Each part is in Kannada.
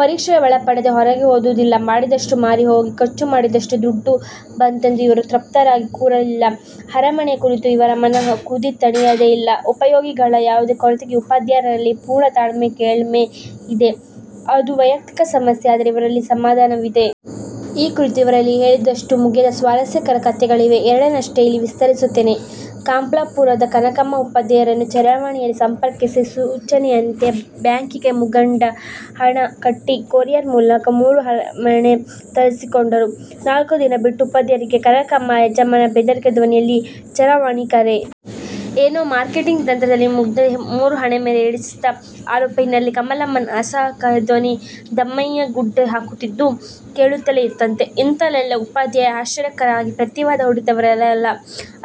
ಪರೀಕ್ಷೆಗೆ ಒಳಪಡದೇ ಹೊರಗೆ ಹೋದುದಿಲ್ಲ. ಮಾಡಿದಷ್ಟೂ ಮಾರಿ ಹೋಗಿ, ಖರ್ಚು ಮಾಡಿದ ದುಡ್ಡು ಬಂತೆಂದು ಇವರು ತೃಪ್ತರಾಗಿ ಕೂರಲಿಲ್ಲ. ಹೆರೆಮಣೆಯ ಕುರಿತ ಇವರ ಮನದ ಕುದಿ ತಣಿಯಲೇ ಇಲ್ಲ. ಉಪಯೋಗಿಗಳ ಯಾವುದೇ ಕೊರತೆಗೆ ಉಪಾಧ್ಯರಲ್ಲಿ ಪೂರ್ಣ ತಾಳ್ಮೆಯ ಕೇಳ್ಮೆ ಇದೆ. ಅದು ವೈಯಕ್ತಿಕ ಸಮಸ್ಯೆಯಾದರೆ ಇವರಲ್ಲಿ ಸಮಾಧಾನವಿದೆ. ಈ ಕುರಿತು ಇವರಲ್ಲಿ ಹೇಳಿದಷ್ಟೂ ಮುಗಿಯದ ಸ್ವಾರಸ್ಯಕರ ಕತೆಗಳಿವೆ. ಎರಡನ್ನಷ್ಟೇ ಇಲ್ಲಿ ವಿಸ್ತರಿಸುತ್ತೇನೆ. ಕಂಪ್ಲಾಪುರದ ಕನಕಮ್ಮ ಉಪಾಧ್ಯರನ್ನು ಚರವಾಣಿಯಲ್ಲಿ ಸಂಪರ್ಕಿಸಿ, ಸೂಚನೆಯಂತೆ ಬ್ಯಾಂಕಿಗೆ ಮುಂಗಡ ಹಣ ಕಟ್ಟಿ, ಕೊರಿಯರ್ ಮೂಲಕ ಮೂರು ಹೆರೆಮಣೆ ತರಿಸಿಕೊಂಡರು. ನಾಲ್ಕು ದಿನ ಬಿಟ್ಟು ಉಪಾಧ್ಯರಿಗೆ ಕನಕಮ್ಮನ ಯಜಮಾನರ ಬೆದರಿಕೆ ಧ್ವನಿಯಲ್ಲಿ ಚರವಾಣಿ ಕರೆ. ಏನೋ ಮಾರ್ಕೆಟಿಂಗ್ ತಂತ್ರದಲ್ಲಿ ಮುಗ್ದೆಗೆ ಮೂರು ಹೆರೆಮಣೆ ಹಿಡಿಸಿದ ಆರೋಪ. ಹಿನ್ನೆಲೆಯಲ್ಲಿ ಕಮಲಮ್ಮನ ಅಸಹಾಯಕ ಧ್ವನಿ ದಮ್ಮಯ್ಯಗುಡ್ಡೆ ಹಾಕುತ್ತಿದ್ದದ್ದು ಕೇಳುತ್ತಲೇ ಇತ್ತಂತೆ. ಇಂಥಲ್ಲೆಲ್ಲ ಉಪಾಧ್ಯ ಆಶ್ಚರ್ಯಕರವಾಗಿ ಪ್ರತಿವಾದ ಹೂಡಿದವರೇ ಅಲ್ಲ.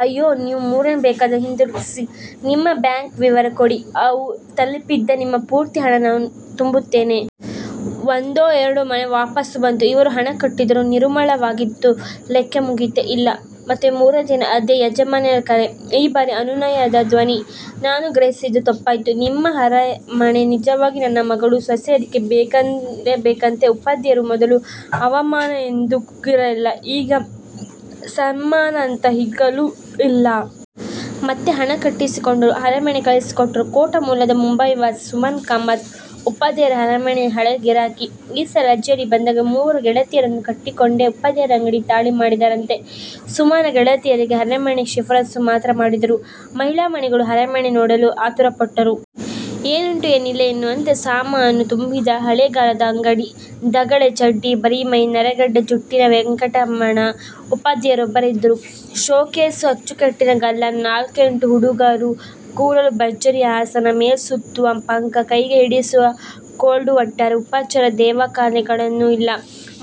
"ಅಯ್ಯೋ ನೀವು ಮೂರನ್ನೂ ಬೇಕಾದರೆ ಹಿಂದಿರುಗಿಸಿ. ನಿಮ್ಮ ಬ್ಯಾಂಕ್ ವಿವರ ಕೊಡಿ, ಅವು ತಲಪಿದ್ದೇ ನಿಮ್ಮ ಪೂರ್ತಿ ಹಣ ನಾನು ತುಂಬುತ್ತೇನೆ. " ಒಂದೋ ಎರಡೋ ಮಣೆ ವಾಪಾಸು ಬಂತು, ಇವರು ಹಣ ಕಟ್ಟಿದರು, ನಿರುಮ್ಮಳವಾಗಿದ್ದರು. ಲೆಕ್ಕ ಮುಗಿಯಿತೇ? ಇಲ್ಲ, ಮತ್ತೆ ಮೂರನೇ ದಿನ ಅದೇ ಯಜಮಾನರ ಕರೆ, ಈ ಬಾರಿ ಅನುನಯದ ಧ್ವನಿ. "ನಾನು ಗ್ರಹಿಸಿದ್ದು ತಪ್ಪಾಯ್ತು. ನಿಮ್ಮ ಹೆರೆಮಣೆ ನಿಜವಾಗಿಯೂ ನಮ್ಮ ಮಗಳು, ಸೊಸೆಯರಿಗೆ ಬೇಕೇ ಬೇಕಂತೆ" ಉಪಾಧ್ಯರು ಮೊದಲು ಅವಮಾನ ಎಂದು ಕುಗ್ಗಿರಲಿಲ್ಲ, ಈಗ ಸಮ್ಮಾನಾಂತ ಹಿಗ್ಗಲೂ ಇಲ್ಲ. ಮತ್ತೆ ಹಣ ಕಟ್ಟಿಸಿಕೊಂಡರು, ಹೆರೆಮಣೆ ಕಳಿಸಿಕೊಟ್ಟರು! ಕೋಟ ಮೂಲದ ಮುಂಬೈವಾಸಿ ಸುಮನಾ ಕಾಮತ್ ಉಪಾಧ್ಯರ ಹೆರೆಮಣೆಯ ಹಳೇ ಗಿರಾಕಿ. ಈ ಸಲ ರಜೆಯಲ್ಲಿ ಬಂದಾಗ ಮೂವರು ಗೆಳತಿಯರನ್ನು ಕಟ್ಟಿಕೊಂಡೇ ಉಪಾಧ್ಯರಂಗಡಿಗೆ ದಾಳಿ ಮಾಡಿದರಂತೆ. ಸುಮನಾ ಗೆಳತಿಯರಿಗೆ ಹೆರೆಮಣೆ ಶಿಫಾರಸು ಮಾತ್ರ ಮಾಡಿದರು. ಮಹಿಳಾಮಣಿಗಳು ಹೆರೆಮಣೆ ನೋಡಲು ಆತುರಪಟ್ಟರು. ಏನುಂಟು ಏನಿಲ್ಲ ಎನ್ನುವಂತೆ ಸಾಮಾನು ತುಂಬಿದ ಹಳೆಗಾಲದ ಅಂಗಡಿ. ದಗಳೆ ಚಡ್ಡಿ, ಬರಿಮೈ, ನರೆಗಡ್ಡ ಜುಟ್ಟಿನ ವೆಂಕಟ್ರಮಣ ಉಪಾಧ್ಯರೊಬ್ಬರೇ ಇದ್ದರು. ಶೋಕೇಸು, ಅಚ್ಚುಕಟ್ಟಿನ ಗಲ್ಲಾ, ನಾಲ್ಕೆಂಟು ಹುಡುಗರು, ಕೂರಲು ಭರ್ಜರಿ ಆಸನ್, ಮೇಲೆ ಸುತ್ತುವ ಪಂಖ, ಕೈಗೆ ಹಿಡಿಸುವ ಕೋಲ್ಡೂಒಟ್ಟಾರೆ ಉಪಚಾರ, ದೆಖಾವೆಗಳೇನೂ ಇಲ್ಲ.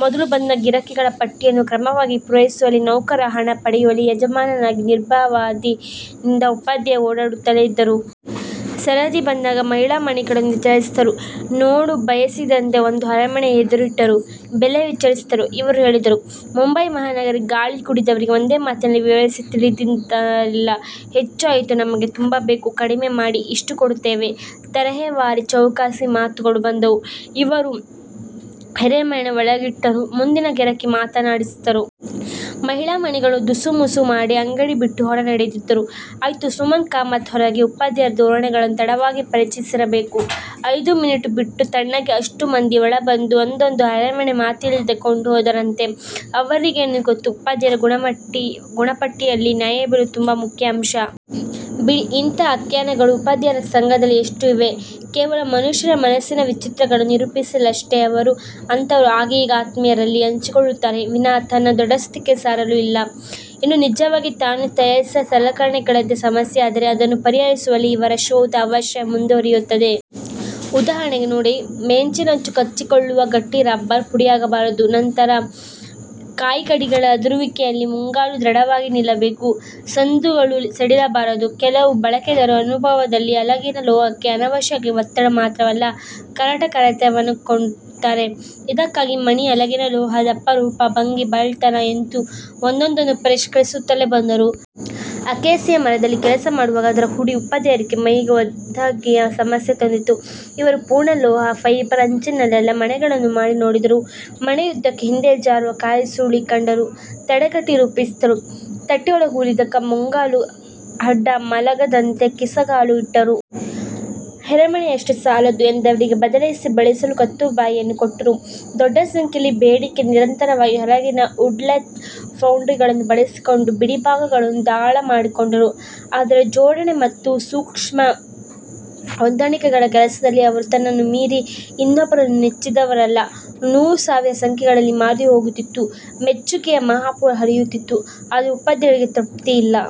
ಮೊದಲು ಬಂದ ಗಿರಾಕಿಗಳ ಪಟ್ಟಿಯನ್ನು ಕ್ರಮವಾಗಿ ಪೂರೈಸುವಲ್ಲಿ ನೌಕರ, ಹಣ ಪಡೆಯುವಲ್ಲಿ ಯಜಮಾನನಾಗಿ ನಿರ್ಭಾವದಿಂದ ಉಪಾಧ್ಯ ಓಡಾಡುತ್ತಲೇ ಇದ್ದರು. ಸರದಿ ಬಂದಾಗ ಮಹಿಳಾಮಣಿಗಳನ್ನು ವಿಚಾರಿಸಿದರು, ನೋಡಬಯಸಿದಂತೆ ಒಂದು ಹೆರೆಮಣೆ ಎದುರಿಟ್ಟರು. ಬೆಲೆ ವಿಚಾರಿಸಿದರು, ಇವರು ಹೇಳಿದರು. ಮುಂಬೈ ಮಹಾನಗರಿಯ ಗಾಳಿ ಕುಡಿದವರಿಗೆ ಒಂದೇ ಮಾತಿನಲ್ಲಿ ವ್ಯವಹರಿಸಿ ತಿಳಿದಂತಿರಲಿಲ್ಲ. "ಹೆಚ್ಚಾಯ್ತು, ನಮಗೆ ತುಂಬಾ ಬೇಕು, ಕಡಿಮೆ ಮಾಡಿ, ಇಷ್ಟು ಕೊಡ್ತೇವೆ" ತರಹೇವಾರಿ ಚೌಕಾಸಿ ಮಾತುಗಳು ಬಂದವು. ಇವರು ಹೆರೆಮಣೆ ಒಳಗಿಟ್ಟರು, ಮುಂದಿನ ಗಿರಾಕಿ ಮಾತಾಡಿಸಿದರು. ಮಹಿಳಾಮಣಿಗಳು ದುಸುಮುಸು ಮಾಡಿ, ಅಂಗಡಿ ಬಿಟ್ಟು ಹೊರ ನಡೆದದ್ದೂ ಆಯ್ತು. ಸುಮನಾ ಕಾಮತ್ ಹೊರಗೆ ಉಪಾಧ್ಯರ ಧೋರಣೆಗಳನ್ನು ತಡವಾಗಿ ಪರಿಚಯಿಸಿರಬೇಕು. ಐದು ಮಿನಿಟು ಬಿಟ್ಟು, ತಣ್ಣಗೆ ಅಷ್ಟೂ ಮಂದಿ ಒಳ ಬಂದು ಒಂದೊಂದು ಹೆರೆಮಣೆ ಮಾತಿಲ್ಲದೆ ಕೊಂಡು ಹೋದರಂತೆ! ಅವರಿಗೇನು ಗೊತ್ತು, ಉಪಾಧ್ಯರ ಗುಣಪಟ್ಟಿಯಲ್ಲಿ ನ್ಯಾಯಬೆಲೆಯೂ ತುಂಬ ಮುಖ್ಯ ಅಂಶ. ಬಿಡಿ, ಇಂಥ ಆಖ್ಯಾನಗಳು ಉಪಾಧ್ಯರ ಸಂಗ್ರಹದಲ್ಲಿ ಎಷ್ಟೂ ಇವೆ. ಕೇವಲ ಮನುಷ್ಯ ಮನಸ್ಸಿನ ವಿಚಿತ್ರಗಳನ್ನು ನಿರೂಪಿಸಲಷ್ಟೇ ಅವರು ಅಂಥವನ್ನು ಆಗೀಗ ಆತ್ಮೀಯರಲ್ಲಿ ಹಂಚಿಕೊಳ್ಳುತ್ತಾರೆಯೇ ವಿನಾ ತನ್ನ ದೊಡ್ಡಸ್ತಿಕೆ ಸಾರಲು ಅಲ್ಲ. ಇನ್ನು ನಿಜವಾಗಿ ತಾನು ತಯಾರಿಸಿದ ಸಲಕರಣೆಗಳದ್ದೇ ಸಮಸ್ಯೆಯಾದರೆ ಅದನ್ನು ಪರಿಹರಿಸುವಲ್ಲಿ ಇವರ ಶೋಧ ಅವಶ್ಯ ಮುಂದುವರಿಯುತ್ತದೆ. ಉದಾಹರಣೆಗೆ ನೋಡಿ ಮೇಜಿನಂಚು ಕಚ್ಚಿಕೊಳ್ಳುವ ಗಟ್ಟಿ ರಬ್ಬರ್ ಪುಡಿಯಾಗಬಾರದು. ನಿರಂತರ ಕಾಯಿಕಡಿಗಳ ಅದುರುವಿಕೆಯಲ್ಲಿ ಮುಂಗಾಲು ದೃಢವಾಗಿ ನಿಲ್ಲಬೇಕು. ಸಂದುಗಳು ಸಡಿಲಬಾರದು. ಕೆಲವು ಬಳಕೆದಾರರು ಅನನುಭವದಲ್ಲಿ ಅಲಗಿನ ಲೋಹಕ್ಕೆ ಅನಾವಶ್ಯಕ ಒತ್ತಡ ಮಾತ್ರವಲ್ಲ, ಕರಟ ಕೆರೆತವನ್ನೂ ಕೊಡುತ್ತಾರೆ. ಇದಕ್ಕಾಗಿ ಮಣೆ, ಅಲಗಿನ ಲೋಹ, ದಪ್ಪ, ರೂಪ, ಭಂಗಿ, ಬಾಳ್ತನ ಎಂದು ಒಂದೊಂದನ್ನೂ ಪರಿಷ್ಕರಿಸುತ್ತಲೇ ಬಂದರು. ಅಕೇಸಿಯಾ ಮರದಲ್ಲಿ ಕೆಲಸ ಮಾಡುವಾಗ ಅದರ ಹುಡಿ ಉಪಾಧ್ಯರಿಗೇ ಮೈಗೆ ಒಗ್ಗದಿಕೆಯ ಸಮಸ್ಯೆ ತಂದಿತು. ಇವರು ಪೂರ್ಣ ಲೋಹ, ಫೈಬರ್ ಅಚ್ಚಿನಲ್ಲೆಲ್ಲ ಮಣೆಗಳನ್ನು ಮಾಡಿ ನೋಡಿದರು. ಮಣೆಯುದ್ದಕ್ಕೆ ಹಿಂದೆ ಜಾರುವ ಕಾಯಿಸುಳಿ ಕಂಡರು, ತಡೆಗಟ್ಟೆ ರೂಪಿಸಿದರು. ತಟ್ಟೆಯೊಳಗೇ ಊರಿದ ಮುಂಗಾಲು ಅಡ್ಡ ಮಲಗದಂತೆ ಕಿಸಗಾಲು ಇಟ್ಟರು. ಹೆರಮಣೆಯಷ್ಟೇ ಸಾಲದು ಎಂದವರಿಗೆ, ಬದಲಿಸಿ ಬಳಸಲು ಕತ್ತಿಬಾಯಿಯನ್ನೂ ಕೊಟ್ಟರು. ದೊಡ್ಡ ಸಂಖ್ಯೆಯಲ್ಲಿ ಬೇಡಿಕೆ ನಿರಂತರವಾದಾಗ ಹೊರಗಿನ ಉಡ್ ಲೇತ್, ಫೌಂಡ್ರಿಗಳನ್ನು ಬಳಸಿಕೊಂಡು ಬಿಡಿಭಾಗಗಳನ್ನು ಧಾರಾಳ ಮಾಡಿಕೊಂಡರು. ಆದರೆ ಜೋಡಣೆ ಮತ್ತು ಸೂಕ್ಷ್ಮ ಹೊಂದಾಣಿಕೆಗಳ ಕೆಲಸದಲ್ಲಿ ಅವರು ತನ್ನನ್ನು ಮೀರಿ ಇನ್ನೊಬ್ಬರನ್ನು ನೆಚ್ಚಿದವರಲ್ಲ. ನೂರು ಸಾವಿರ ಸಂಖ್ಯೆಗಳಲ್ಲಿ ಮಾರಿಹೋಗುತ್ತಿತ್ತು, ಮೆಚ್ಚುಗೆಯ ಮಹಾಪೂರ ಹರಿಯುತ್ತಿತ್ತು. ಆದರೂ ಉಪಾಧ್ಯರಿಗೆ ತೃಪ್ತಿಯಿಲ್ಲ.